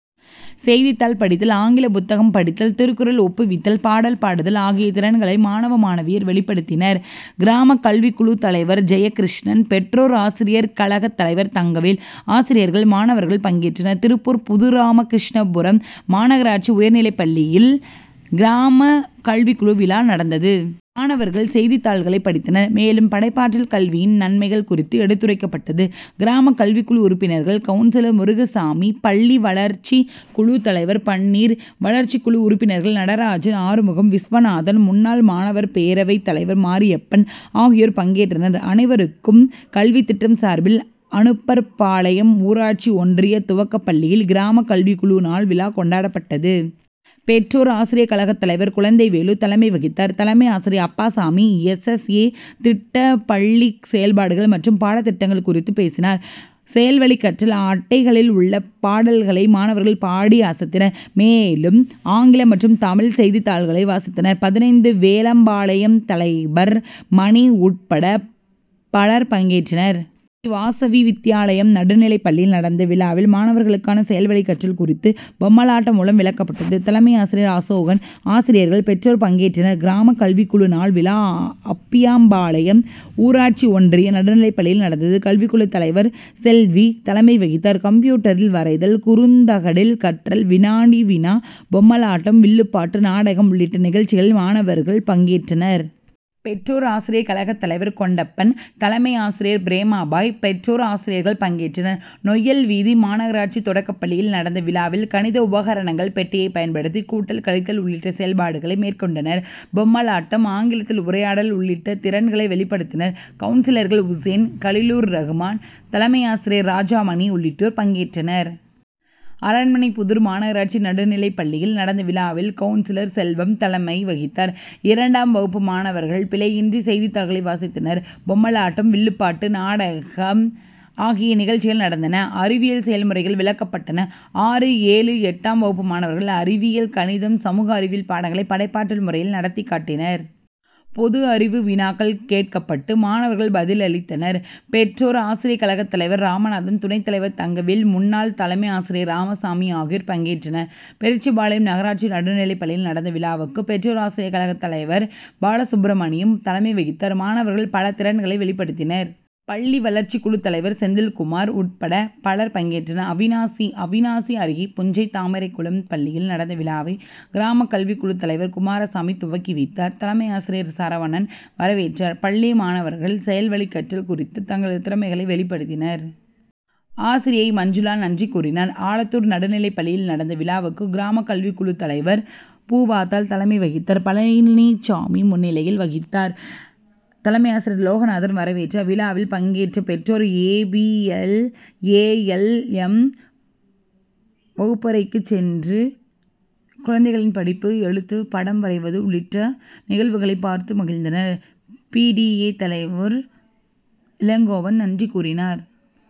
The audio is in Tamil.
செய்தித்தாள் படித்தல், ஆங்கில புத்தகம் படித்தல், திருக்குறள் ஒப்புவித்தல், பாடல் பாடுதல் ஆகிய திறன்களை மாணவ, மாணவியர் வெளிப்படுத்தினர். கிராம கல்விக்குழு தலைவர் ஜெயகிருஷ்ணன், பெற்றோர் ஆசிரியர் கழக தலைவர் தங்கவேல், ஆசிரியர்கள், மாணவர்கள் பங்கேற்றனர். திருப்பூர் புதுராமகிருஷ்ணாபுரம் மாநகராட்சி உயர்நிலைப்பள்ளியில் கிராம கல்விக்குழு விழா நடந்தது. மாணவர்கள், செய்தித் தாள்களை படித்தனர். மேலும், படைப்பாற்றல் கல்வியின் நன்மைகள் குறித்து எடுத்துரைக்கப்பட்டது. கிராம கல்விக்குழு உறுப்பினர்கள், கவுன்சிலர் முருகசாமி, பள்ளி வளர்ச்சி குழு தலைவர் பன்னீர், வளர்ச்சிக்குழு உறுப்பினர்கள் நடராஜன், ஆறுமுகம், விஸ்வநாதன், முன்னாள் மாணவர் பேரவை தலைவர் மாரியப்பன் ஆகியோர் பங்கேற்றனர். அனைவருக்கும் கல்வித்திட்டம் சார்பில் அனுப்பர்பாளையம் ஊராட்சி ஒன்றிய துவக்கப்பள்ளியில் கிராம கல்விக்குழு நாள் விழா கொண்டாடப்பட்டது. பெற்றோர் ஆசிரிய கழகத்தலைவர் குழந்தைவேலு தலைமை வகித்தார். தலைமை ஆசிரியர் அப்பாசாமி, எஸ். எஸ். ஏ., திட்ட பள்ளி செயல்பாடுகள் மற்றும் பாடத்திட்டங்கள் குறித்து பேசினார். செயல்வழிக்கற்றல் அட்டைகளில் உள்ள பாடல்களை மாணவர்கள் பாடி அசத்தினர். மேலும், ஆங்கிலம் மற்றும் தமிழ் செய்தித்தாள்களை வாசித்தனர். பதினைந்து வேலம்பாளையம் தலைவர் மணி உட்பட பலர் பங்கேற்றனர். ஸ்ரீவாசவி வித்யாலயம் நடுநிலைப்பள்ளியில் நடந்த விழாவில், மாணவர்களுக்கான செயல்வழிக்கற்றல் குறித்து பொம்மலாட்டம் மூலம் விளக்கப்பட்டது. தலைமை ஆசிரியர் அசோகன், ஆசிரியர்கள், பெற்றோர் பங்கேற்றனர். கிராம கல்விக்குழு நாள் விழா, அப்பியாபாளையம் ஊராட்சி ஒன்றிய நடுநிலைப் பள்ளியில் நடந்தது. கல்விக்குழு தலைவர் செல்வி தலைமை வகித்தார். கம்ப்யூட்டரில் வரைதல், குறுந்தகடில் கற்றல், வினாடி வினா, பொம்மலாட்டம், வில்லுப்பாட்டு, நாடகம் உள்ளிட்ட நிகழ்ச்சிகளில் மாணவர்கள் பங்கேற்றனர். பெற்றோர் ஆசிரியர் கழக தலைவர் கொண்டப்பன், தலைமை ஆசிரியர் பிரேமாபாய், பெற்றோர், ஆசிரியர்கள் பங்கேற்றனர். நொய்யல் வீதி மாநகராட்சி தொடக்கப்பள்ளியில் நடந்த விழாவில், கணித உபகரணங்கள் பெட்டியை பயன்படுத்தி கூட்டல், கழித்தல் உள்ளிட்ட செயல்பாடுகளை மேற்கொண்டனர். பொம்மலாட்டம், ஆங்கிலத்தில் உரையாடல் உள்ளிட்ட திறன்களை வெளிப்படுத்தினர். கவுன்சிலர்கள் உசேன், கலிலுர் ரகுமான், தலைமை ஆசிரியர் ராஜாமணி உள்ளிட்டோர் பங்கேற்றனர். அரண்மனைபுதூர் மாநகராட்சி நடுநிலைப்பள்ளியில் நடந்த விழாவில் கவுன்சிலர் செல்வம் தலைமை வகித்தார். இரண்டாம் வகுப்பு மாணவர்கள் பிழையின்றி செய்தித்தாள்களை வாசித்தனர். பொம்மலாட்டம், வில்லுப்பாட்டு, நாடகம் ஆகிய நிகழ்ச்சிகள் நடந்தன. அறிவியல் செய்முறைகள் விளக்கப்பட்டன. ஆறு, ஏழு, எட்டாம் வகுப்பு மாணவர்கள் அறிவியல், கணிதம், சமூக அறிவியல் பாடங்களை படைப்பாற்றல் முறையில் நடத்திக்காட்டினர். பொது அறிவு வினாக்கள் கேட்கப்பட்டு, மாணவர்கள் பதிலளித்தனர். பெற்றோர் ஆசிரியர் கழக தலைவர் ராமநாதன், துணை தலைவர் தங்கவேல், முன்னாள் தலைமை ஆசிரியர் ராமசாமி ஆகியோர் பங்கேற்றனர். பெரிச்சிபாளையம் நகராட்சி நடுநிலைப்பள்ளியில் நடந்த விழாவுக்கு, பெற்றோர் ஆசிரியர் கழக தலைவர் பாலசுப்ரமணியம் தலைமை வகித்தார். மாணவர்கள் பல திறன்களை வெளிபடுத்தினர். பள்ளி வளர்ச்சி குழு தலைவர் செந்தில்குமார் உட்பட பலர் பங்கேற்றனர். அவிநாசி அவிநாசி அருகே புஞ்சை தாமரைக்குளம் பள்ளியில் நடந்த விழாவை, கிராம கல்விக்குழு தலைவர் குமாரசாமி துவக்கி வைத்தார். தலைமையாசிரியர் சரவணன் வரவேற்றார். பள்ளி மாணவர்கள், செயல் வழிக்கற்றல் குறித்து தங்களது திறமைகளை வெளிப்படுத்தினர். ஆசிரியை மஞ்சுளா நன்றி கூறினன். ஆலத்தூர் நடுநிலைப்பள்ளியில் நடந்த விழாவுக்கு, கிராம கல்விக்குழு தலைவர் பூவாத்தாள் தலைமை வகித்தார். பழனிசாமி முன்னிலை வகித்தார். தலைமையாசிரியர் லோகநாதன் வரவேற்றார். விழாவில் பங்கேற்ற பெற்றோர், A. B. L., A. L. M., வகுப்பறைக்குச் சென்று, குழந்தைகளின் படிப்பு, எழுத்து, படம் வரைவது உள்ளிட்ட நிகழ்வுகளை பார்த்து மகிழ்ந்தனர். பி. டி. ஏ., தலைவர் இளங்கோவன் நன்றி கூறினார்.